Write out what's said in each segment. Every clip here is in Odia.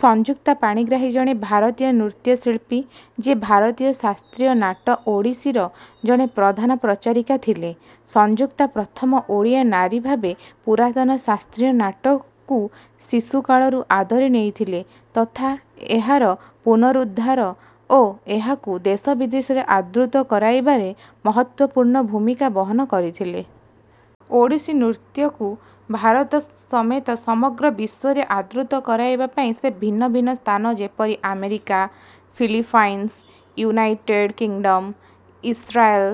ସଂଯୁକ୍ତା ପାଣିଗ୍ରାହୀ ଜଣେ ଭାରତୀୟ ନୃତ୍ୟଶିଳ୍ପୀ, ଯିଏ ଭାରତୀୟ ଶାସ୍ତ୍ରୀୟ ନାଟ ଓଡ଼ିଶୀର ଜଣେ ପ୍ରଧାନ ପ୍ରଚାରିକା ଥିଲେ। ସଂଯୁକ୍ତା ପ୍ରଥମ ଓଡ଼ିଆ ନାରୀଭାବେ ପୁରାତନ ଶାସ୍ତ୍ରୀୟ ନାଟକୁ ଶିଶୁକାଳରୁ ଆଦରି ନେଇଥିଲେ ତଥା ଏହାର ପୁନରୁଦ୍ଧାର ଓ ଏହାକୁ ଦେଶବିଦେଶରେ ଆଦୃତ କରାଇବାରେ ମହତ୍ତ୍ୱପୂର୍ଣ୍ଣ ଭୂମିକା ବହନ କରିଥିଲେ। ଓଡ଼ିଶୀ ନୃତ୍ୟକୁ ଭାରତ ସମେତ ସମଗ୍ର ବିଶ୍ୱରେ ଆଦୃତ କରାଇବା ପାଇଁ ସେ ଭିନ୍ନ ଭିନ୍ନ ସ୍ଥାନ ଯେପରି America, Philippines, United Kingdom, Israel,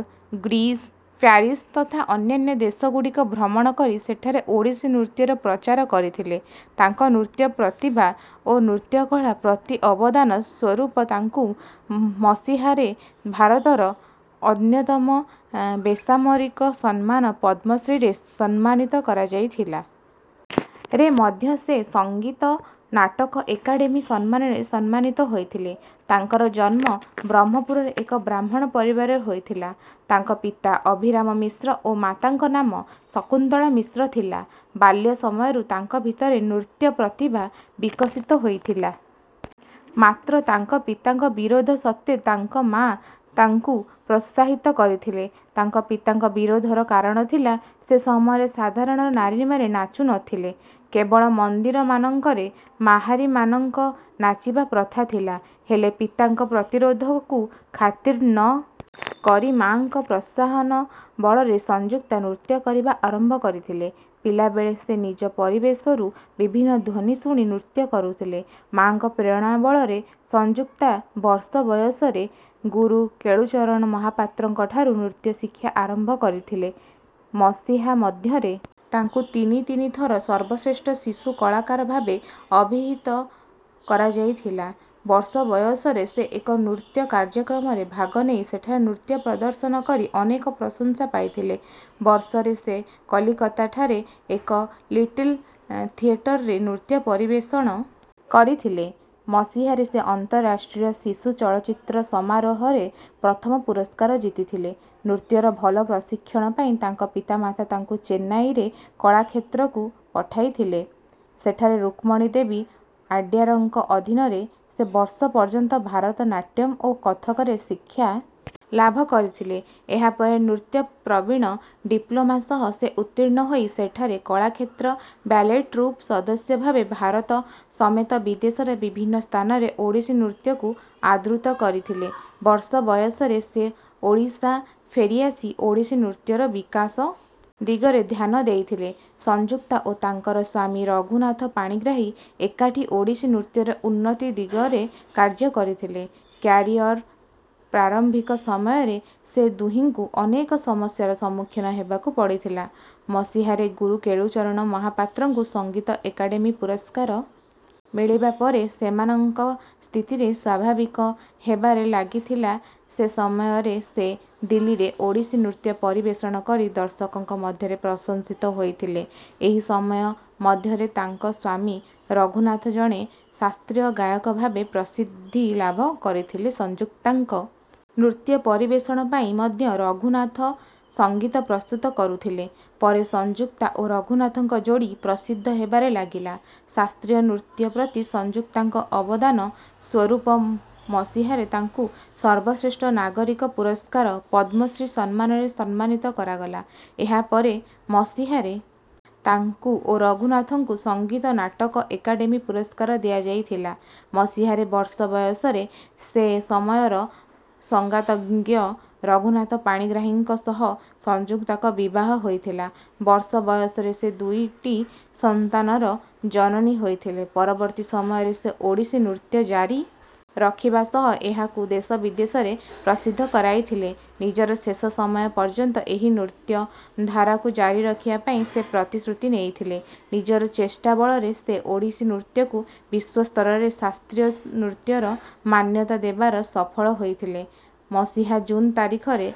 Greece, Paris ତଥା ଅନ୍ୟାନ୍ୟ ଦେଶଗୁଡ଼ିକ ଭ୍ରମଣ କରି ସେଠାରେ ଓଡ଼ିଶୀ ନୃତ୍ୟର ପ୍ରଚାର କରିଥିଲେ ତାଙ୍କ ନୃତ୍ୟ ପ୍ରତିଭା ଓ ନୃତ୍ୟକଳା ପ୍ରତି ଅବଦାନ ସ୍ୱରୁପ ତାଙ୍କୁ ମସିହାରେ ଭାରତର ଅନ୍ୟତମ ବେସାମରିକ ସମ୍ମାନ ପଦ୍ମଶ୍ରୀରେ ସମ୍ମାନିତ କରାଯାଇଥିଲା। ରେ ମଧ୍ୟ ସେ ସଙ୍ଗୀତ ନାଟକ ଏକାଡେମୀ ସମ୍ମାନରେ ସମ୍ମାନିତ ହୋଇଥିଲେ। ତାଙ୍କର ଜନ୍ମ ବ୍ରହ୍ମପୁରର ଏକ ବ୍ରାହ୍ମଣ ପରିବାରରେ ହୋଇଥିଲା। ତାଙ୍କ ପିତା ଅଭିରାମ ମିଶ୍ର ଓ ମାତାଙ୍କ ନାମ ଶକୁନ୍ତଳା ମିଶ୍ର ଥିଲା। ବାଲ୍ୟ ସମୟରୁ ତାଙ୍କ ଭିତରେ ନୃତ୍ୟ ପ୍ରତିଭା ବିକଶିତ ହୋଇଥିଲା। ମାତ୍ର ତାଙ୍କ ପିତାଙ୍କ ବିରୋଧ ସତ୍ତ୍ୱେ ତାଙ୍କ ମା ତାଙ୍କୁ ପ୍ରୋତ୍ସାହିତ କରିଥିଲେ। ତାଙ୍କ ପିତାଙ୍କ ବିରୋଧର କାରଣ ଥିଲା, ସେ ସମୟରେ ସାଧାରଣ ନାରୀମାନେ ନାଚୁ ନଥିଲେ। କେବଳ ମନ୍ଦିରମାନଙ୍କରେ ମାହାରୀ ମାନଙ୍କ ନାଚିବା ପ୍ରଥା ଥିଲା। ହେଲେ ପିତାଙ୍କ ପ୍ରତିରୋଧକୁ ଖାତିର ନ କରି ମା'ଙ୍କ ପ୍ରୋତ୍ସାହନ ବଳରେ ସଂଯୁକ୍ତା ନୃତ୍ୟ କରିବା ଆରମ୍ଭ କରିଥିଲେ ପିଲାବେଳେ ସେ ନିଜ ପରିବେଶରୁ ବିଭିନ୍ନ ଧ୍ୱନୀ ଶୁଣି ନୃତ୍ୟ କରୁଥିଲେ ମା'ଙ୍କ ପ୍ରେରଣା ବଳରେ ସଂଯୁକ୍ତା ବର୍ଷ ବୟସରେ ଗୁରୁ କେଳୁଚରଣ ମହାପାତ୍ରଙ୍କଠାରୁ ନୃତ୍ୟ ଶିକ୍ଷା ଆରମ୍ଭ କରିଥିଲେ ମସିହା ମଧ୍ୟରେ ତାଙ୍କୁ ତିନି ତିନି ଥର ସର୍ବଶ୍ରେଷ୍ଠ ଶିଶୁ କଳାକାର ଭାବେ ଅଭିହୀତ କରାଯାଇଥିଲା ବର୍ଷ ବୟସରେ ସେ ଏକ ନୃତ୍ୟ କାର୍ଯ୍ୟକ୍ରମରେ ଭାଗ ନେଇ ସେଠାରେ ନୃତ୍ୟ ପ୍ରଦର୍ଶନ କରି ଅନେକ ପ୍ରଶଂସା ପାଇଥିଲେ ବର୍ଷରେ ସେ କଲିକତାଠାରେ ଏକ ଲିଟିଲ୍ ଥିଏଟରରେ ନୃତ୍ୟ ପରିବେଷଣ କରିଥିଲେ ମସିହାରେ ସେ ଅନ୍ତରାଷ୍ଟ୍ରୀୟ ଶିଶୁ ଚଳଚ୍ଚିତ୍ର ସମାରୋହରେ ପ୍ରଥମ ପୁରସ୍କାର ଜିତିଥିଲେ ନୃତ୍ୟରେ ଭଲ ପ୍ରଶିଁକ୍ଷଣ ପାଇଁ ତାଙ୍କ ପିତା-ମାତା ତାଙ୍କୁ ଚେନ୍ନାଇରେ କଳାକ୍ଷତ୍ରକୁ ପଠାଇଥିଲେ ସେଠାରେ ରୁକ୍ମଣୀ ଦେବୀ ଆଡ୍ୟାରଙ୍କ ଅଧିନରେ ସେ ବର୍ଷ ପର୍ଯ୍ୟନ୍ତ ଭାରତ ନାଟ୍ୟମ୍ ଓ କଥକରେ ଶିକ୍ଷା ଲାଭ କରିଥିଲେ ଏହାପରେ ନୃତ୍ୟ ପ୍ରବିଣ ଡିପ୍ଲୋମା ସହ ସେ ଉର୍ତ୍ତୀଣ୍ଣ ହୋଇ ସେଠାରେ କଳାକ୍ଷେତ୍ର ବ୍ୟାଲେଟ୍ ଟ୍ରୁପ୍ର ସଦସ୍ୟ ଭାବେ ଭାରତ ସମେତ ବିଦେଶର ବିଭିନ୍ନ ସ୍ଥାନରେ ଓଡ଼ିଶୀ ନୃତ୍ୟକୁ ଆଦୃତ କରିଥିଲେ ବର୍ଷ ବୟସରେ ସେ ଓଡ଼ିଶା ଫେରିଆସି ଓଡ଼ିଶୀ ନୃତ୍ୟର ବିକାଶ ଦିଗରେ ଧ୍ୟାନ ଦେଇଥିଲେ ସଂଯୁକ୍ତା ଓ ତାଙ୍କ ସ୍ୱାମୀ ରଘୁନାଥ ପାଣିଗ୍ରାହୀ ଏକାଠି ଓଡ଼ିଶୀ ନୃତ୍ୟର ଉନ୍ନତି ଦିଗରେ କାର୍ଯ କରିଥିଲେ କ୍ୟାରିଅର୍ର ପ୍ରାରମ୍ଭିକ ସମୟରେ ସେ ଦୁହିଁଙ୍କୁ ଅନେକ ସମସ୍ୟାର ସମ୍ମୁଖୀନ ହେବାକୁ ପଡିଥିଲା ମସିହାରେ ଗୁରୁ କେଳୁଚରଣ ମହାପାତ୍ରଙ୍କୁ ସଂଗୀତ ଏକାଡେମୀ ପୁରସ୍କାର ମିଳିବା ପରେ ସେମାନଙ୍କ ସ୍ଥିତିରେ ସ୍ୱାଭାବିକ ହେବାରେ ଲାଗିଥିଲା ସେ ସମୟରେ ସେ ଦିଲ୍ଲୀରେ ଓଡ଼ିଶୀ ନୃତ୍ୟ ପରିବେଷଣ କରି ଦର୍ଶକଙ୍କ ମଧ୍ୟରେ ପ୍ରଂଶସିତ ହୋଇଥିଲେ ଏହି ସମୟ ମଧ୍ୟରେ ତାଙ୍କ ସ୍ୱାମୀ ରଘୁନାଥ ଜଣେ ଶାସ୍ତ୍ରୀୟ ଗାୟକ ଭାବେ ପ୍ରସିଦ୍ଧି ଲାଭ କରିଥିଲେ ସଂଯୁକ୍ତାଙ୍କ ନୃତ୍ୟ ପରିବେଷଣ ପାଇଁ ମଧ୍ୟ ରଘୁନାଥ ସଙ୍ଗୀତ ପ୍ରସ୍ତୁତ କରୁଥିଲେ ପରେ ସଂଯୁକ୍ତା ଓ ରଘୁନାଥଙ୍କ ଯୋଡି ପ୍ରସିଦ୍ଧ ହେବାରେ ଲାଗିଲା ଶାସ୍ତ୍ରୀୟ ନୃତ୍ୟ ପ୍ରତି ସଂଯୁକ୍ତାଙ୍କ ଅବଦାନ ସ୍ୱରୂପ ମସିହାରେ ତାଙ୍କୁ ସର୍ବଶ୍ରେଷ୍ଠ ନାଗରିକ ପୁରସ୍କାର, ପଦ୍ମଶ୍ରୀ ସମ୍ମାନରେ ସମ୍ମାନିତ କରାଗଲା ଏହାପରେ ମସିହାରେ ତାଙ୍କୁ ଓ ରଘୁନାଥଙ୍କୁ ସଙ୍ଗୀତ ନାଟକ ଏକାଡେମୀ ପୁରସ୍କାର ଦିଆଯାଇଥିଲା ମସିହାରେ ବର୍ଷ ବୟସରେ ସେ ସମୟର ସଙ୍ଗାତଜ୍ଞ ରଘୁନାଥ ପାଣିଗ୍ରାହୀଙ୍କ ସହ ସଂୟୁକ୍ତାଙ୍କ ବିବାହ ହୋଇଥିଲା ବର୍ଷ ବୟସରେ ସେ ଦୁଇଟି ସନ୍ତାନର ଜନନୀ ହୋଇଥିଲେ ପରବର୍ତ୍ତୀ ସମୟରେ ସେ ଓଡ଼ିଶୀ ନୃତ୍ୟ ଜାରି ରଖିବା ସହ ଏହାକୁ ଦେଶ ବିଦେଶରେ ପ୍ରସିଦ୍ଧ କରାଥିଲେ ନିଜର ଶେଷ ସମୟ ପର୍ଯ୍ୟନ୍ତ ଏହି ନୃତ୍ୟଧାରାକୁ ଜାରି ରଖିବା ପାଇଁ ସେ ପ୍ରତିଶ୍ରୁତି ନେଇଥିଲେ ନିଜର ଚେଷ୍ଟା ବଳରେ ସେ ଓଡ଼ିଶୀ ନୃତ୍ୟକୁ ବିଶ୍ୱସ୍ତରରେ ଶାସ୍ତ୍ରୀୟ ନୃତ୍ୟର ମାନ୍ୟତା ଦେବାରେ ସଫଳ ହୋଇଥିଲେ ମସିହା ଜୁନ୍ ତାରିଖରେ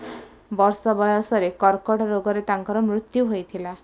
ବର୍ଷ ବୟସରେ କର୍କଟ ରୋଗରେ ତାଙ୍କର ମୃତ୍ୟୁ ହୋଇଥିଲା।